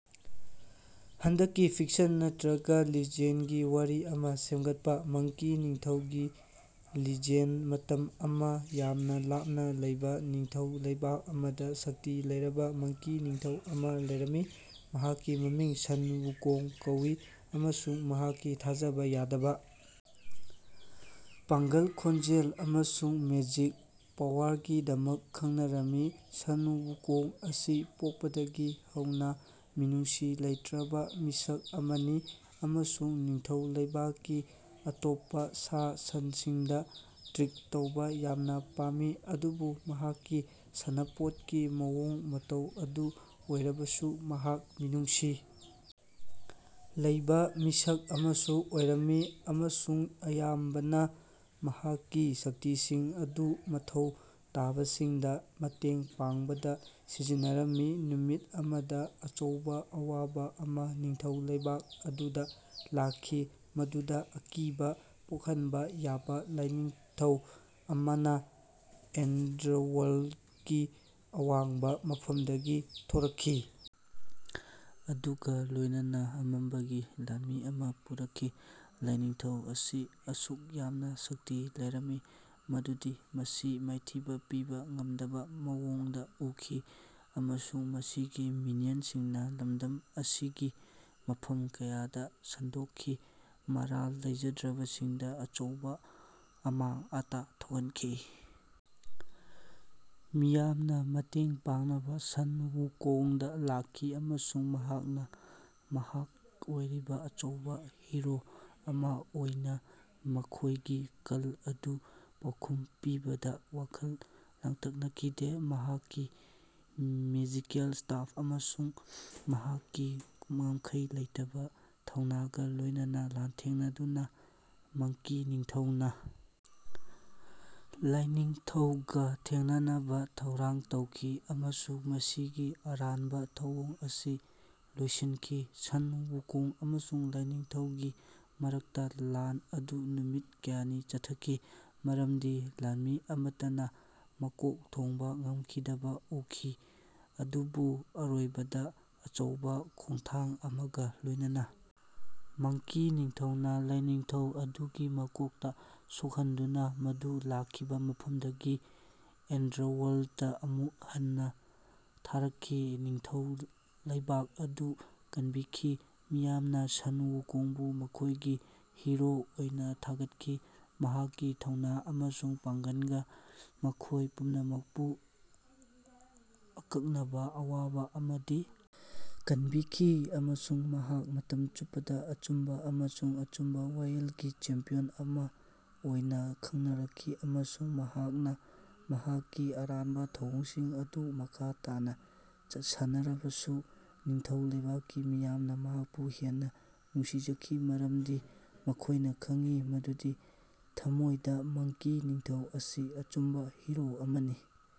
ꯍꯟꯗꯛꯀꯤ ꯐꯤꯛꯁꯟ ꯅꯠꯇꯔꯒ ꯂꯤꯖꯦꯟ꯭ꯗꯒꯤ ꯋꯥꯔꯤ ꯑꯃ ꯁꯦꯝꯒꯠꯄ꯫ ꯃꯪꯀꯤ ꯅꯤꯡꯊꯧꯒꯤ ꯂꯤꯖꯦꯟ꯭ꯗ ꯃꯇꯝ ꯑꯃꯗ ꯌꯥꯝꯅ ꯂꯥꯞꯅ ꯂꯩꯕ ꯅꯤꯡꯊꯧ ꯂꯩꯕꯥꯛ ꯑꯃꯗ ꯁꯛꯇꯤ ꯂꯩꯔꯕ ꯃꯪꯀꯤ ꯅꯤꯡꯊꯧ ꯑꯃ ꯂꯩꯔꯝꯃꯤ꯫ ꯃꯍꯥꯛꯀꯤ ꯃꯃꯤꯡ ꯁꯟ ꯋꯨꯀꯣꯡ ꯀꯧꯏ ꯑꯃꯁꯨꯡ ꯃꯍꯥꯛꯀꯤ ꯊꯥꯖꯕ ꯌꯥꯗꯕ ꯄꯥꯡꯒꯜ, ꯈꯣꯡꯖꯦꯜ ꯑꯃꯁꯨꯡ ꯃꯦꯖꯤꯛ ꯄꯥꯋꯔꯒꯤꯗꯃꯛ ꯈꯡꯅꯔꯝꯃꯤ꯫ ꯁꯟ ꯋꯨꯀꯣꯡ ꯑꯁꯤ ꯄꯣꯛꯄꯗꯒꯤ ꯍꯧꯅ ꯃꯤꯅꯨꯡꯁꯤ ꯂꯩꯇꯔꯕ ꯃꯤꯁꯛ ꯑꯃꯅꯤ ꯑꯃꯁꯨꯡ ꯅꯤꯡꯊꯧ ꯂꯩꯕꯥꯛꯀꯤ ꯑꯇꯣꯞꯄ ꯁꯥ-ꯁꯟꯁꯤꯡꯗ ꯇ꯭ꯔꯤꯛ ꯇꯧꯕ ꯌꯥꯝꯅ ꯄꯥꯝꯃꯤ꯫ ꯑꯗꯨꯕꯨ ꯃꯍꯥꯛꯀꯤ ꯁꯥꯟꯅꯄꯣꯠꯀꯤ ꯃꯑꯣꯡ ꯃꯇꯧ ꯑꯗꯨ ꯑꯣꯏꯔꯕꯁꯨ ꯃꯍꯥꯛ ꯃꯤꯅꯨꯡꯁꯤ ꯂꯩꯕ ꯃꯤꯁꯛ ꯑꯃꯁꯨ ꯑꯣꯏꯔꯝꯃꯤ ꯑꯃꯁꯨꯡ ꯑꯌꯥꯝꯕꯅ ꯃꯍꯥꯛꯀꯤ ꯁꯛꯇꯤꯁꯤꯡ ꯑꯗꯨ ꯃꯊꯧ ꯇꯥꯕꯁꯤꯡꯗ ꯃꯇꯦꯡ ꯄꯥꯡꯕꯗ ꯁꯤꯖꯤꯟꯅꯔꯝꯃꯤ꯫ ꯅꯨꯃꯤꯠ ꯑꯃꯗ ꯑꯆꯧꯕ ꯑꯋꯥꯕ ꯑꯃ ꯅꯤꯡꯊꯧ ꯂꯩꯕꯥꯛ ꯑꯗꯨꯗ ꯂꯥꯛꯈꯤ, ꯃꯗꯨꯗ ꯑꯀꯤꯕ ꯄꯣꯛꯍꯟꯕ ꯌꯥꯕ ꯂꯥꯏꯅꯤꯡꯊꯧ ꯑꯃꯅ ꯑꯦꯟꯗ꯭ꯔꯋꯥꯜꯀꯤ ꯑꯋꯥꯡꯕ ꯃꯐꯝꯗꯒꯤ ꯊꯣꯔꯛꯈꯤ, ꯑꯗꯨꯒ ꯂꯣꯏꯅꯅ ꯑꯃꯝꯕꯒꯤ ꯂꯥꯟꯃꯤ ꯑꯃꯥ ꯄꯨꯔꯛꯈꯤ꯫ ꯂꯥꯏꯅꯤꯡꯊꯧ ꯑꯁꯤ ꯑꯁꯨꯛ ꯌꯥꯝꯅ ꯁꯛꯇꯤ ꯂꯩꯔꯝꯃꯤ ꯃꯗꯨꯗꯤ ꯃꯁꯤ ꯃꯥꯏꯊꯤꯕ ꯄꯤꯕ‌ ꯉꯝꯗꯕ ꯃꯑꯣꯡꯗ ꯎꯈꯤ, ꯑꯃꯁꯨꯡ ꯃꯁꯤꯒꯤ ꯃꯤꯅꯤꯌꯟꯁꯤꯡꯅ ꯂꯝꯗꯝ ꯑꯁꯤꯒꯤ ꯃꯐꯝ ꯀꯌꯥꯗ ꯁꯟꯗꯣꯛꯈꯤ, ꯃꯔꯥꯜ ꯂꯩꯖꯗ꯭ꯔꯕꯁꯤꯡꯗ ꯑꯆꯧꯕ ꯑꯃꯥꯡ ꯑꯇ ꯊꯣꯛꯍꯟꯈꯤ꯫ ꯃꯤꯌꯥꯝꯅ ꯃꯇꯦꯡ ꯄꯥꯡꯅꯕ ꯁꯟ ꯋꯨꯀꯣꯡꯗ ꯂꯥꯛꯈꯤ, ꯑꯃꯁꯨꯡ ꯃꯍꯥꯛꯅ ꯃꯍꯥꯛ ꯑꯣꯏꯔꯤꯕ ꯑꯆꯧꯕ ꯍꯤꯔꯣ ꯑꯃ ꯑꯣꯏꯅ ꯃꯈꯣꯏꯒꯤ ꯀꯜ ꯑꯗꯨꯒꯤ ꯄꯥꯎꯈꯨꯝ ꯄꯤꯕꯗꯥ ꯋꯥꯈꯜ ꯂꯥꯡꯇꯛꯅꯈꯤꯗꯦ꯫ ꯃꯍꯥꯛꯀꯤ ꯃꯦꯖꯤꯀꯦꯜ ꯁ꯭ꯇꯥꯐ ꯑꯃꯁꯨꯡ ꯃꯍꯥꯛꯀꯤ ꯉꯝꯈꯩ ꯂꯩꯇꯕ ꯊꯧꯅꯥꯒ ꯂꯣꯏꯅꯅ ꯂꯥꯟꯊꯦꯡꯅꯗꯨꯅ ꯃꯪꯀꯤ ꯅꯤꯡꯊꯧꯅ ꯂꯥꯏꯅꯤꯡꯊꯧꯒ ꯊꯦꯡꯅꯅꯕ ꯊꯧꯔꯥꯡ ꯇꯧꯈꯤ ꯑꯃꯁꯨꯡ ꯃꯁꯤꯒꯤ ꯑꯔꯥꯟꯕ ꯊꯧꯑꯣꯡ ꯑꯁꯤ ꯂꯣꯏꯁꯤꯟꯈꯤ꯫ ꯁꯟ ꯋꯨꯀꯣꯡ ꯑꯃꯁꯨꯡ ꯂꯥꯏꯅꯤꯡꯊꯧꯒꯤ ꯃꯔꯛꯇ ꯂꯥꯟ ꯑꯗꯨ ꯅꯨꯃꯤꯠ ꯀꯌꯥꯅꯤ ꯆꯠꯊꯈꯤ, ꯃꯔꯝꯗꯤ ꯂꯥꯟꯃꯤ ꯑꯃꯠꯇꯅ ꯃꯀꯣꯛ ꯊꯣꯡꯕ ꯉꯝꯈꯤꯗꯕ ꯎꯈꯤ꯫ ꯑꯗꯨꯕꯨ ꯑꯔꯣꯏꯕꯗ, ꯑꯆꯧꯕ ꯈꯣꯡꯊꯥꯡ ꯑꯃꯒ ꯂꯣꯏꯅꯅ, ꯃꯪꯀꯤ ꯅꯤꯡꯊꯧꯅ ꯂꯥꯏꯅꯤꯡꯊꯧ ꯑꯗꯨꯒꯤ ꯃꯀꯣꯛꯇ ꯁꯣꯛꯍꯟꯗꯨꯅ ꯃꯗꯨ ꯂꯥꯛꯈꯤꯕ ꯃꯐꯝꯗꯒꯤ ꯑꯦꯟꯗ꯭ꯔꯋꯥꯜꯇ ꯑꯃꯨꯛ ꯍꯟꯅ ꯊꯥꯔꯛꯈꯤ꯫ ꯅꯤꯡꯊꯧ ꯂꯩꯕꯥꯛ ꯑꯗꯨ ꯀꯟꯕꯤꯈꯤ, ꯃꯤꯌꯥꯝꯅ ꯁꯟ ꯋꯨꯀꯣꯡꯕꯨ ꯃꯈꯣꯏꯒꯤ ꯍꯤꯔꯣ ꯑꯣꯏꯅ ꯊꯥꯒꯠꯈꯤ꯫ ꯃꯍꯥꯛꯀꯤ ꯊꯧꯅ ꯑꯃꯁꯨꯡ ꯄꯥꯡꯒꯜꯅ ꯃꯈꯣꯏ ꯄꯨꯝꯅꯃꯛꯄꯨ ꯑꯀꯛꯅꯕ ꯑꯋꯥꯕ ꯑꯃꯗꯒꯤ ꯀꯟꯕꯤꯈꯤ ꯑꯃꯁꯨꯡ ꯃꯍꯥꯛ ꯃꯇꯝ ꯆꯨꯞꯄꯗ ꯑꯆꯨꯝꯕ ꯑꯃꯁꯨꯡ ꯑꯆꯨꯝꯕ ꯋꯥꯌꯦꯜꯒꯤ ꯆꯦꯝꯄꯤꯌꯟ ꯑꯃ ꯑꯣꯏꯅ ꯈꯡꯅꯔꯛꯈꯤ꯫ ꯑꯃꯁꯨꯡ ꯃꯍꯥꯛꯅ ꯃꯍꯥꯛꯀꯤ ꯑꯔꯥꯟꯕ ꯊꯧꯑꯣꯡꯁꯤꯡ ꯑꯗꯨ ꯃꯈꯥ ꯇꯥꯅ ꯁꯥꯟꯅꯔꯕꯁꯨ, ꯅꯤꯡꯊꯧ ꯂꯩꯕꯥꯛꯀꯤ ꯃꯤꯌꯥꯝꯅ ꯃꯍꯥꯛꯄꯨ ꯍꯦꯟꯅ ꯅꯨꯡꯁꯤꯖꯈꯤ, ꯃꯔꯝꯗꯤ ꯃꯈꯣꯏꯅ ꯈꯪꯏ ꯃꯗꯨꯗꯤ ꯊꯝꯃꯣꯏꯗ ꯃꯪꯀꯤ ꯅꯤꯡꯊꯧ ꯑꯁꯤ ꯑꯆꯨꯝꯕ ꯍꯤꯔꯣ ꯑꯃꯅꯤ꯫